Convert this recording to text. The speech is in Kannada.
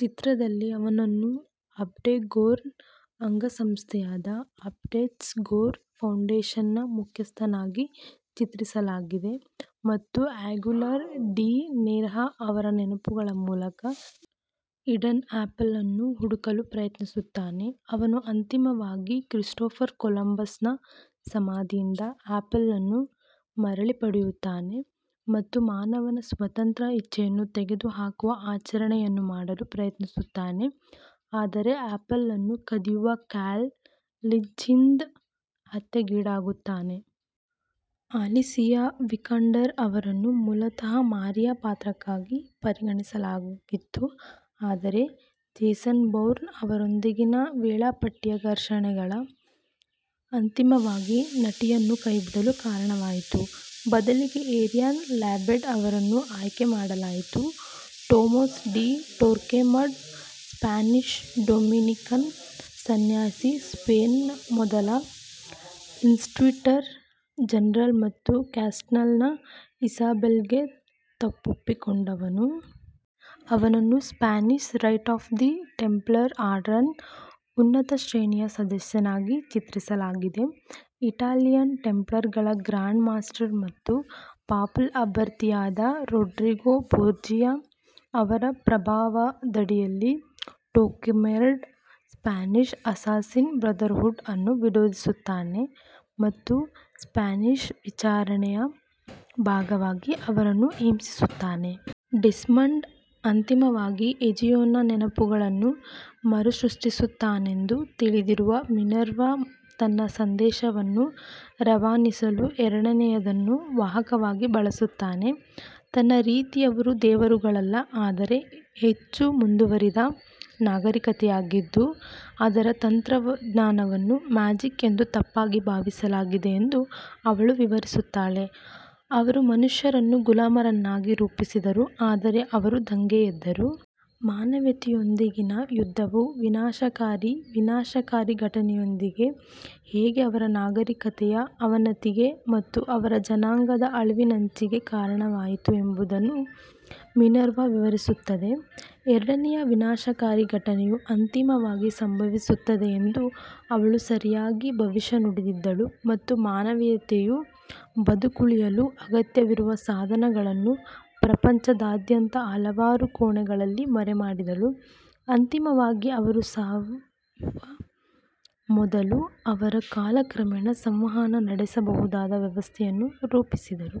ಚಿತ್ರದಲ್ಲಿ, ಅವನನ್ನು ಅಬ್ಸ್ಟೆರ್ಗೊನ ಅಂಗಸಂಸ್ಥೆಯಾದ ಅಬ್ಸ್ಟೆರ್ಗೊ ಫೌಂಡೇಶನ್ನ ಮುಖ್ಯಸ್ಥನಾಗಿ ಚಿತ್ರಿಸಲಾಗಿದೆ ಮತ್ತು ಅಗ್ಯುಲಾರ್ ಡಿ ನೆರ್ಹಾ ಅವರ ನೆನಪುಗಳ ಮೂಲಕ ಈಡನ್ನ ಆಪಲ್ ಅನ್ನು ಹುಡುಕಲು ಪ್ರಯತ್ನಿಸುತ್ತಾನೆ. ಅವನು ಅಂತಿಮವಾಗಿ ಕ್ರಿಸ್ಟೋಫರ್ ಕೊಲಂಬಸ್ನ ಸಮಾಧಿಯಿಂದ ಆಪಲ್ ಅನ್ನು ಮರಳಿ ಪಡೆಯುತ್ತಾನೆ ಮತ್ತು ಮಾನವನ ಸ್ವತಂತ್ರ ಇಚ್ಛೆಯನ್ನು ತೆಗೆದುಹಾಕುವ ಆಚರಣೆಯನ್ನು ಮಾಡಲು ಪ್ರಯತ್ನಿಸುತ್ತಾನೆ, ಆದರೆ ಆಪಲ್ ಅನ್ನು ಕದಿಯುವ ಕ್ಯಾಲ್ ಲಿಂಚ್ನಿಂದ ಹತ್ಯೆಗೀಡಾಗುತ್ತಾನೆ. ಅಲಿಸಿಯಾ ವಿಕಾಂಡರ್ ಅವರನ್ನು ಮೂಲತಃ ಮಾರಿಯಾ ಪಾತ್ರಕ್ಕಾಗಿ ಪರಿಗಣಿಸಲಾಗಿತ್ತು, ಆದರೆ ಜೇಸನ್ ಬೌರ್ನ್ ಅವರೊಂದಿಗಿನ ವೇಳಾಪಟ್ಟಿಯ ಘರ್ಷಣೆಗಳು ಅಂತಿಮವಾಗಿ ನಟಿಯನ್ನು ಕೈಬಿಡಲು ಕಾರಣವಾಯಿತು, ಬದಲಿಗೆ ಏರಿಯನ್ ಲ್ಯಾಬೆಡ್ ಅವರನ್ನು ಆಯ್ಕೆ ಮಾಡಲಾಯಿತು. Tomas de Torquemada Spanish Dominican ಸನ್ಯಾಸಿ, ಸ್ಪೇನ್ನ ಮೊದಲ ಇನ್ಕ್ವಿಸಿಟರ್ ಜನರಲ್ ಮತ್ತು ಕ್ಯಾಸ್ಟೈಲ್ನ ಇಸಾಬೆಲ್ಲಾ ಗೆ ತಪ್ಪೊಪ್ಪಿಕೊಂಡವನು. ಅವನನ್ನು Spanish rite of the Templar ಆರ್ಡರ್ನ ಉನ್ನತ ಶ್ರೇಣಿಯ ಸದಸ್ಯನಾಗಿ ಚಿತ್ರಿಸಲಾಗಿದೆ. ಇಟಾಲಿಯನ್ ಟೆಂಪ್ಲರ್ಗಳ ಗ್ರ್ಯಾಂಡ್ ಮಾಸ್ಟರ್ ಮತ್ತು ಪಾಪಲ್ ಅಭ್ಯರ್ಥಿಯಾದ ರೋಡ್ರಿಗೋ ಬೋರ್ಜಿಯಾ ಅವರ ಪ್ರಭಾವದಡಿಯಲ್ಲಿ, ಟೋರ್ಕ್ಮೆಡಾ ಸ್ಪ್ಯಾನಿಷ್ ಅಸ್ಸಾಸಿನ್ ಬ್ರದರ್ಹುಡ್ ಅನ್ನು ವಿರೋಧಿಸುತ್ತಾನೆ ಮತ್ತು ಸ್ಪ್ಯಾನಿಷ್ ವಿಚಾರಣೆಯ ಭಾಗವಾಗಿ ಅವರನ್ನು ಹಿಂಸಿಸುತ್ತಾನೆ. ಡೆಸ್ಮಂಡ್ ಅಂತಿಮವಾಗಿ ಎಜಿಯೋನ ನೆನಪುಗಳನ್ನು ಮರುಸೃಷ್ಟಿಸುತ್ತಾನೆಂದು ತಿಳಿದಿರುವ ಮಿನರ್ವಾ, ತನ್ನ ಸಂದೇಶವನ್ನು ರವಾನಿಸಲು ಎರಡನೆಯದನ್ನು ವಾಹಕವಾಗಿ ಬಳಸುತ್ತಾನೆ. ತನ್ನ ರೀತಿಯವರು ದೇವರುಗಳಲ್ಲ, ಆದರೆ ಹೆಚ್ಚು ಮುಂದುವರಿದ ನಾಗರಿಕತೆಯಾಗಿದ್ದು, ಅದರ ತಂತ್ರಜ್ಞಾನವನ್ನು ಮ್ಯಾಜಿಕ್ ಎಂದು ತಪ್ಪಾಗಿ ಭಾವಿಸಲಾಗಿದೆ ಎಂದು ಅವಳು ವಿವರಿಸುತ್ತಾಳೆ. ಅವರು ಮನುಷ್ಯರನ್ನು ಗುಲಾಮರನ್ನಾಗಿ ರೂಪಿಸಿದರು, ಆದರೆ ಅವರು ದಂಗೆ ಎದ್ದರು. ಮಾನವೀಯತೆಯೊಂದಿಗಿನ ಯುದ್ಧವು ವಿನಾಶಕಾರಿ ವಿನಾಶಕಾರಿ ಘಟನೆಯೊಂದಿಗೆ ಹೇಗೆ ಅವರ ನಾಗರಿಕತೆಯ ಅವನತಿಗೆ ಮತ್ತು ಅವರ ಜನಾಂಗದ ಅಳಿವಿನಂಚಿಗೆ ಕಾರಣವಾಯಿತು ಎಂಬುದನ್ನು ಮಿನರ್ವಾ ವಿವರಿಸುತ್ತದೆ. ಎರಡನೆಯ ವಿನಾಶಕಾರಿ ಘಟನೆಯು ಅಂತಿಮವಾಗಿ ಸಂಭವಿಸುತ್ತದೆ ಎಂದು ಅವಳು ಸರಿಯಾಗಿ ಭವಿಷ್ಯ ನುಡಿದಿದ್ದಳು, ಮತ್ತು ಮಾನವೀಯತೆಯು ಬದುಕುಳಿಯಲು ಅಗತ್ಯವಿರುವ ಸಾಧನಗಳನ್ನು ಪ್ರಪಂಚದಾದ್ಯಂತ ಹಲವಾರು ಕೋಣೆಗಳಲ್ಲಿ ಮರೆಮಾಡಿದಳು, ಅಂತಿಮವಾಗಿ ಅವರು ಸಾಯುವ ಮೊದಲು ಅವರು ಕಾಲಕ್ರಮೇಣ ಸಂವಹನ ನಡೆಸಬಹುದಾದ ವ್ಯವಸ್ಥೆಯನ್ನು ರೂಪಿಸಿದರು.